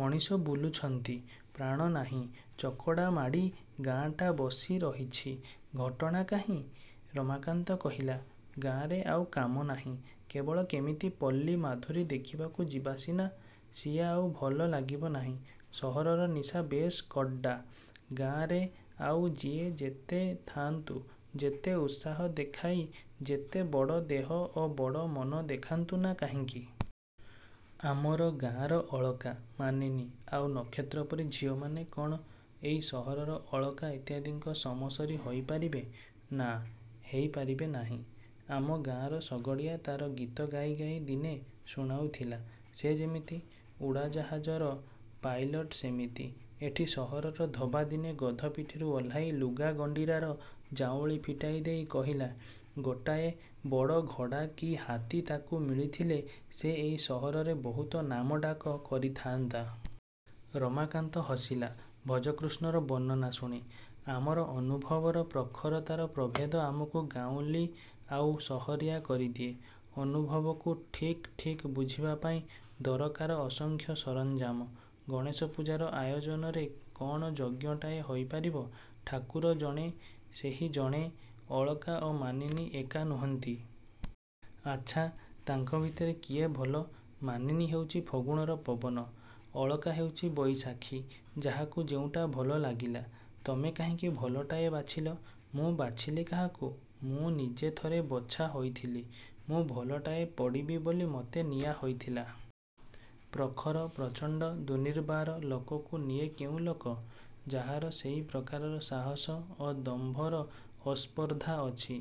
ମଣିଷ ବୁଲୁଛନ୍ତି-ପ୍ରାଣ ନାହିଁ। ଚକଡ଼ା ମାଡ଼ି ଗାଁଆଟା ବସି ରହିଛି-ଘଟଣା କାହିଁ? ରମାକାନ୍ତ କହିଲା। -ଗାଁରେ ଆଉ କାମ ନାହିଁ। କେବଳ କେମିତି ପଲ୍ଲୀ ମାଧୁରୀ ଦେଖିବାକୁ ଯିବା ସିନା। ସିଏ ଆଉ ଭଲ ଲାଗିବ ନାହିଁ। ସହରର ନିଶା ବେଶ୍ କଡ଼୍ଡ଼ା। ଗାଁରେ ଆଉ ଯିଏ ଯେତେ ଥାଆନ୍ତୁ-ଯେତେ ଉତ୍ସାହ ଦେଖାଇ ଯେତେ ବଡ଼ ଦେହ ଓ ବଡ଼ ମନ ଦେଖାନ୍ତୁ ନା କାହିଁକି? -ଆମର ଗାଁର ଅଳକା, ମାନିନୀ ଆଉ ନକ୍ଷତ୍ର ପରି ଝିଅମାନେ କ'ଣ ଏଇ ସହରର ଅଳକା ଇତ୍ୟାଦିଙ୍କ ସମସରି ହେଇପାରିବେ? -ନା, ହେଇ ପାରିବେ ନାହିଁ। ଆମ ଗାଁର ଶଗଡ଼ିଆ ତାର ଗୀତ ଗାଇ ଗାଇ ଦିନେ ଶୁଣାଉଥିଲା ସେ ଯେମିତି-ଉଡ଼ାଜାହାଜର ପାଇଲଟ୍ ସେମିତି। ଏଠି ସହରର ଧୋବା ଦିନେ ଗଧ ପିଠିରୁ ଓହ୍ଲାଇ ଲୁଗା ଗଣ୍ଡିରାର ଜାଉଁଳି ଫିଟାଇ ଦେଇ କହିଲା-ଗୋଟାଏ ବଡ଼ ଘୋଡ଼ା କି ହାତୀ ତାକୁ ମିଳିଥିଲେ ସେ ଏଇ ସହରରେ ବହୁତ ନାମ ଡାକ କରିଥାନ୍ତା। ରମାକାନ୍ତ ହସିଲା ଭଜକୃଷ୍ଣର ବର୍ଣ୍ଣନା ଶୁଣି। -ଆମର ଅନୁଭବର ପ୍ରଖରତାର ପ୍ରଭେଦ ଆମକୁ ଗାଉଁଲି ଆଉ ସହରିଆ କରିଦିଏ। ଅନୁଭବକୁ ଠିକ୍ ଠିକ୍ ବୁଝିବା ପାଇଁ ଦରକାର ଅସଂଖ୍ୟ ସରଞ୍ଜାମ। ଗଣେଶ ପୂଜାର ଆୟୋଜନରେ କ'ଣ ଯଜ୍ଞଟାଏ ହୋଇପାରିବ? ଠାକୁର ଜଣେ-ସେହି ଜଣେ। ଅଳକା ଓ ମାନିନୀ ଏକା ନୁହନ୍ତି। -ଆଚ୍ଛା, ତାଙ୍କ ଭିତରେ କିଏ ଭଲ? -ମାନିନୀ ହେଉଛି ଫଗୁଣର ପବନ। ଅଳକା ହେଉଛି ବଇଶାଖି। ଯାହାକୁ ଯେଉଁଟା ଭଲ ଲାଗିଲା। -ତମେ କାହିଁକି ଭଲଟାଏ ବାଛିଲ? -ମୁଁ ବାଛିଲି କାହାକୁ? ମୁଁ ନିଜେ ଥରେ ବଛା ହୋଇଥିଲି। ମୁଁ ଭଲଟାଏ ପଡ଼ିବି ବୋଲି ମତେ ନିଆ ହୋଇଥିଲା। ପ୍ରଖର, ପ୍ରଚଣ୍ଡ, ଦୁନିର୍ବାର ଲୋକକୁ ନିଏ କେଉଁ ଲୋକ? -ଯାହାର ସେହି ପ୍ରକାରର ସାହସ ଓ ଦମ୍ଭର ଅସ୍ପର୍ଦ୍ଧା ଅଛି।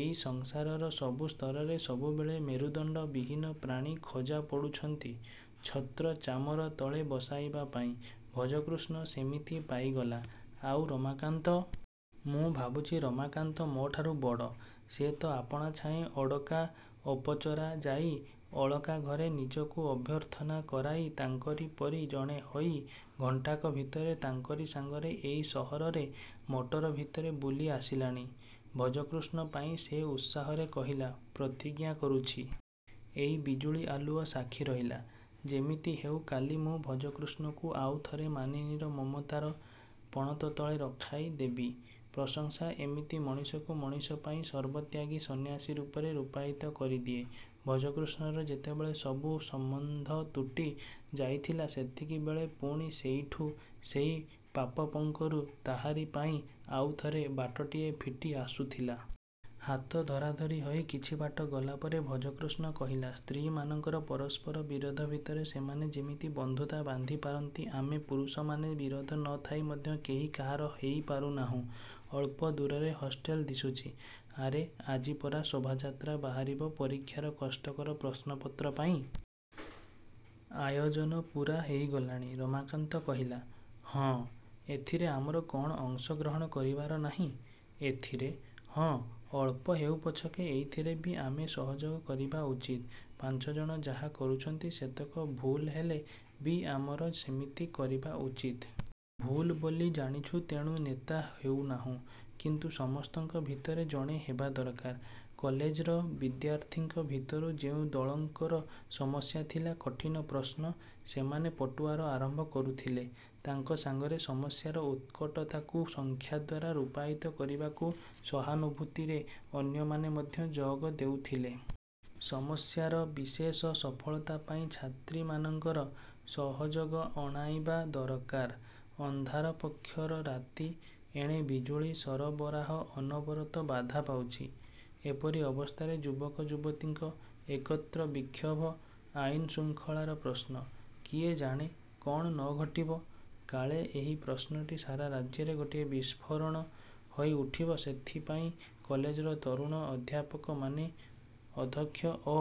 ଏଇ ସଂସାରର ସବୁ ସ୍ତରରେ ସବୁବେଳେ ମେରୁଦଣ୍ଡ-ବିହୀନ ପ୍ରାଣୀ ଖୋଜା ପଡ଼ୁଛନ୍ତି ଛତ୍ର ଚାମର ତଳେ ବସାଇବା ପାଇଁ। ଭଜକୃଷ୍ଣ ସେମିତି ପାଇଗଲା। -ଆଉ ରମାକାନ୍ତ? -ମୁଁ ଭାବୁଛି ରମାକାନ୍ତ ମୋଠାରୁ ବଡ଼। ସେ ତ ଆପାଣାଛାଏଁ ଅଡ଼କା ଅପଚରା ଯାଇ ଅଳକା ଘରେ ନିଜକୁ ଅଭ୍ୟର୍ଥନା କରାଇ ତାଙ୍କରି ପରି ଜଣେ ହୋଇ ଘଣ୍ଟାକ ଭିତରେ ତାଙ୍କରି ସାଙ୍ଗରେ ଏଇ ସହରରେ ମଟର ଭିତରେ ବୁଲି ଆସିଲାଣି। ଭଜକୃଷ୍ଣ ପାଇଁ ସେ ଉତ୍ସାହରେ କହିଲା-ପ୍ରତିଜ୍ଞା କରୁଛି। ଏଇ ବିଜୁଳି ଆଲୁଅ ସାକ୍ଷୀ ରହିଲେ-ଯେମିତି ହେଉ କାଲି ମୁଁ ଭଜକୃଷ୍ଣକୁ ଆଉ ଥରେ ମାନିନୀର ମମତାର ପଣତ ତଳେ ରଖାଇଦେବି। ପ୍ରଶଂସା ଏମିତି ମଣିଷକୁ ମଣିଷ ପାଇଁ ସର୍ବତ୍ୟାଗୀ ସନ୍ନ୍ୟାସୀ ରୂପରେ ରୂପାୟିତ କରିଦିଏ। ଭଜକୃଷ୍ଣର ଯେତେବେଳେ ସବୁ ସମ୍ୱନ୍ଧ ତୁଟି ଯାଇଥିଲା ସେତିକିବେଳେ ପୁଣି ସେଇଠୁ ସେଇ ପାପପଙ୍କରୁ ତାହାରି ପାଇଁ ଆଉଥରେ ବାଟଟିଏ ଫିଟି ଆସୁଥିଲା। ହାତ ଧରାଧରି ହୋଇ କିଛି ବାଟ ଗଲା ପରେ ଭଜକୃଷ୍ଣ କହିଲା ସ୍ତ୍ରୀମାନଙ୍କର ପରସ୍ପର ବିରୋଧ ଭିତରେ ସେମାନେ ଯେମିତି ବନ୍ଧୁତା ବାନ୍ଧି ପାରନ୍ତି ଆମେ ପୁରୁଷମାନେ ବିରୋଧ ନ ଥାଇ ମଧ୍ୟ କେହି କାହାର ହେଇ ପାରୁନାହୁଁ। ଅଳ୍ପ ଦୂରରେ ହଷ୍ଟେଲ ଦିଶୁଛି। -ଆରେ ଆଜି ପରା ଶୋଭାଯାତ୍ରା ବାହାରିବ ପରୀକ୍ଷାର କଷ୍ଟକର ପ୍ରଶ୍ନପତ୍ର ପାଇଁ? ଆୟୋଜନ ପୂରା ହେଇଗଲାଣି-ରମାକାନ୍ତ କହିଲା। -ହଁ। -ଏଥିରେ ଆମର କ'ଣ ଅଂଶ ଗ୍ରହଣ କରିବାର ନାହିଁ? -ଏଥିରେ? -ହଁ, ଅଳ୍ପ ହେଉ ପଛକେ ଏଇଥିରେ ବି ଆମେ ସହଯୋଗ କରିବା ଉଚିତ୍। ପାଞ୍ଚଜଣ ଯାହା କରୁଛନ୍ତି ସେତକ ଭୁଲ୍ ହେଲେ ବି ଆମର ସେମିତି କରିବା ଉଚିତ୍। ଭୁଲ୍ ବୋଲି ଜାଣିଛୁ ତେଣୁ ନେତା ହେଉ ନାହୁଁ। କିନ୍ତୁ ସମସ୍ତଙ୍କ ଭିତରେ ଜଣେ ହେବା ଦରକାର। କଲେଜର ବିଦ୍ୟାର୍ଥୀଙ୍କ ଭିତରୁ ଯେଉଁ ଦଳଙ୍କର ସମସ୍ୟା ଥିଲା କଠିନ ପ୍ରଶ୍ନ-ସେମାନେ ପଟୁଆର ଆରମ୍ଭ କରୁଥିଲେ। ତାଙ୍କ ସାଙ୍ଗରେ ସମସ୍ୟାର ଉତ୍କଟତାକୁ ସଂଖ୍ୟା ଦ୍ୱାରା ରୂପାୟିତ କରିବାକୁ ସହାନୁଭୂତିରେ ଅନ୍ୟମାନେ ମଧ୍ୟ ଯୋଗ ଦେଉଥିଲେ। ସମସ୍ୟାର ବିଶେଷ ସଫଳତା ପାଇଁ ଛାତ୍ରୀମାନଙ୍କର ସହଯୋଗ ଅଣାଇବା ଦରକାର। ଅନ୍ଧାର ପକ୍ଷର ରାତି। ଏଣେ ବିଜୁଳି ସରବରାହ ଅନବରତ ବାଧା ପାଉଛି। ଏପରି ଅବସ୍ଥାରେ ଯୁବକ ଯୁବତୀଙ୍କ -ଏକତ୍ର ବିକ୍ଷୋଭ ଆଇନ ଶୃଙ୍ଗଳାର ପ୍ରଶ୍ନ। କିଏ ଜାଣେ କ'ଣ ନ ଘଟିବ? କାଳେ ଏହି ପ୍ରଶ୍ନଟି ସାରା ରାଜ୍ୟର ଗୋଟିଏ ବିସ୍ଫୋରଣ ହୋଇ ଉଠିବ ସେଥିପାଇଁ କଲେଜର ତରୁଣ ଅଧ୍ୟାପକମାନେ, ଅଧ୍ୟକ୍ଷ ଓ।